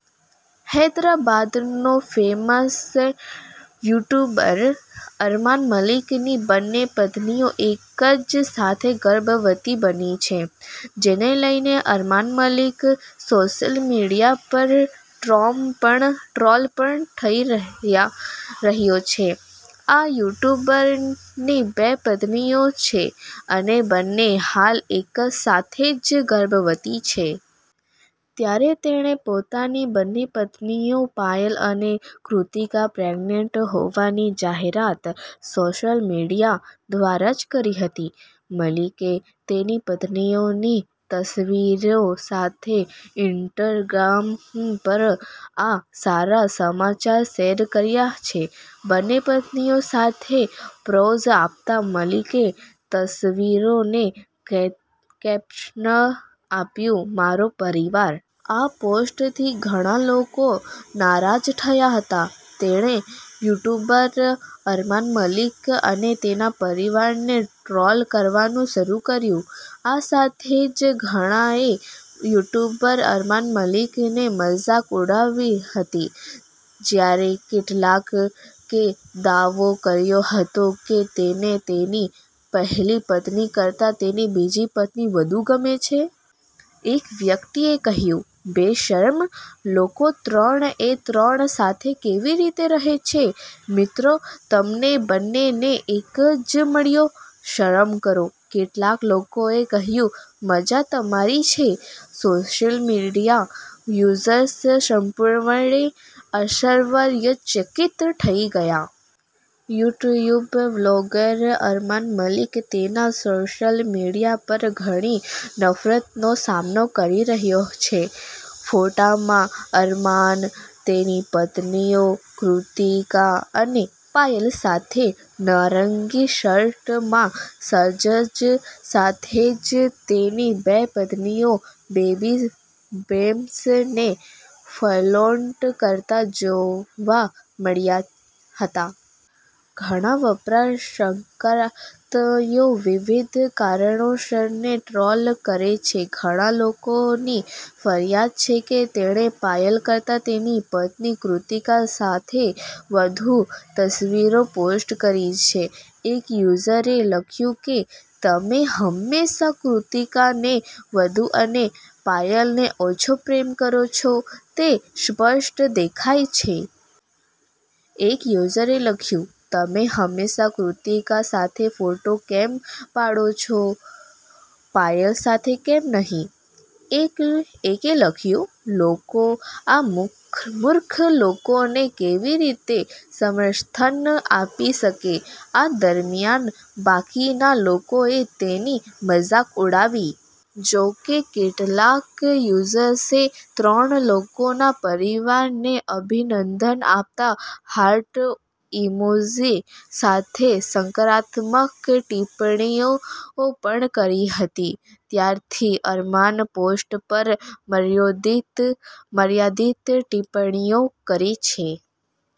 હૈદરાબાદ નો famous YouTuber Armaan Malik ની બંને પત્નીઓ એક જ સાથે ગર્ભવતી બની છે. જેને લઈને અરમાન મલિક સોશિયલ મીડિયા પર ટ્રોલ પણ થઈ રહ્યો છે. આ યુટ્યુબરની બે પત્નીઓ છે અને બંને હાલ એક સાથે જ ગર્ભવતી છે. ત્યારે તેણે પોતાની બંને પત્નીઓ પાયલ અને કૃતિકા પ્રેગનેન્ટ હોવાની જાહેરાત સોશિયલ મીડિયા દ્વારા જ કરી હતી. મલિકે તેની પત્નીઓની તસવીરો સાથે ઈન્સ્ટાગ્રામ પર આ સારા સમાચાર શેર કર્યા છે. બંને પત્નીઓ સાથે પોઝ આપતાં, મલિકે તસવીરોને કેપ્શન આપ્યું, "મારો પરિવાર. " આ પોસ્ટથી ઘણા લોકો નારાજ થયા હતા. તેણે યુટ્યુબર અરમાન મલિક અને તેના પરિવારને ટ્રોલ કરવાનું શરૂ કર્યું. આ સાથે જ ઘણાએ યુટ્યુબર અરમાન મલિકની મજાક ઉડાવી હતી. જ્યારે કેટલાકે દાવો કર્યો હતો કે તેને તેની પહેલી પત્ની કરતાં તેની બીજી પત્ની વધુ ગમે છે. એક વ્યક્તિએ કહ્યું, 'બેશરમ લોકો ત્રણ એ ત્રણ સાથે કેવી રીતે રહે છે, મિત્રો? તમને બંનેને એક જ મળ્યો? શરમ કરો. ' કેટલાક લોકોએ કહ્યું, 'મજા તમારી છે. ' સોશિયલ મીડિયા યુઝર્સ સંપૂર્ણપણે આશ્ચર્યચકિત થઈ ગયા. યુટ્યુબ વ્લોગર અરમાન મલિક તેના સોશિયલ મીડિયા પર ઘણી નફરતનો સામનો કરી રહ્યો છે. ફોટામાં, અરમાન, તેની પત્નીઓ કૃતિકા અને પાયલ સાથે નારંગી શર્ટમાં સજ્જ, સાથે જ તેની બે પત્નીઓ બેબી બમ્પને ફ્લોન્ટ કરતા જોવા મળ્યા હતા. ઘણા વપરાશકર્તાઓ વિવિધ કારણોસર ને ટ્રોલ કરે છે. ઘણા લોકોની ફરિયાદ છે કે તેણે પાયલ કરતાં તેની પત્ની કૃતિકા સાથે વધુ તસવીરો પોસ્ટ કરી છે. એક યુઝરે લખ્યું કે, 'તમે હંમેશા કૃતિકાને વધુ અને પાયલને ઓછો પ્રેમ કરો છો, તે સ્પષ્ટ દેખાય છે. ' એક યુઝરે લખ્યું, 'તમે હંમેશા કૃતિકા સાથે ફોટો કેમ પાડો છો, પાયલ સાથે કેમ નહીં. ' એકે લખ્યું, 'લોકો આ મૂર્ખ લોકોને કેવી રીતે સમર્થન આપી શકે. ' આ દરમિયાન, બાકીના લોકોએ તેની મજાક ઉડાવી. જો કે, કેટલાક યુઝર્સે ત્રણ લોકોના પરિવારને અભિનંદન આપતા હાર્ટ ઇમોજી સાથે સકારાત્મક ટિપ્પણીઓ પણ કરી હતી. ત્યારથી અરમાન પોસ્ટ પર મર્યાદિત ટિપ્પણીઓ કરે છે.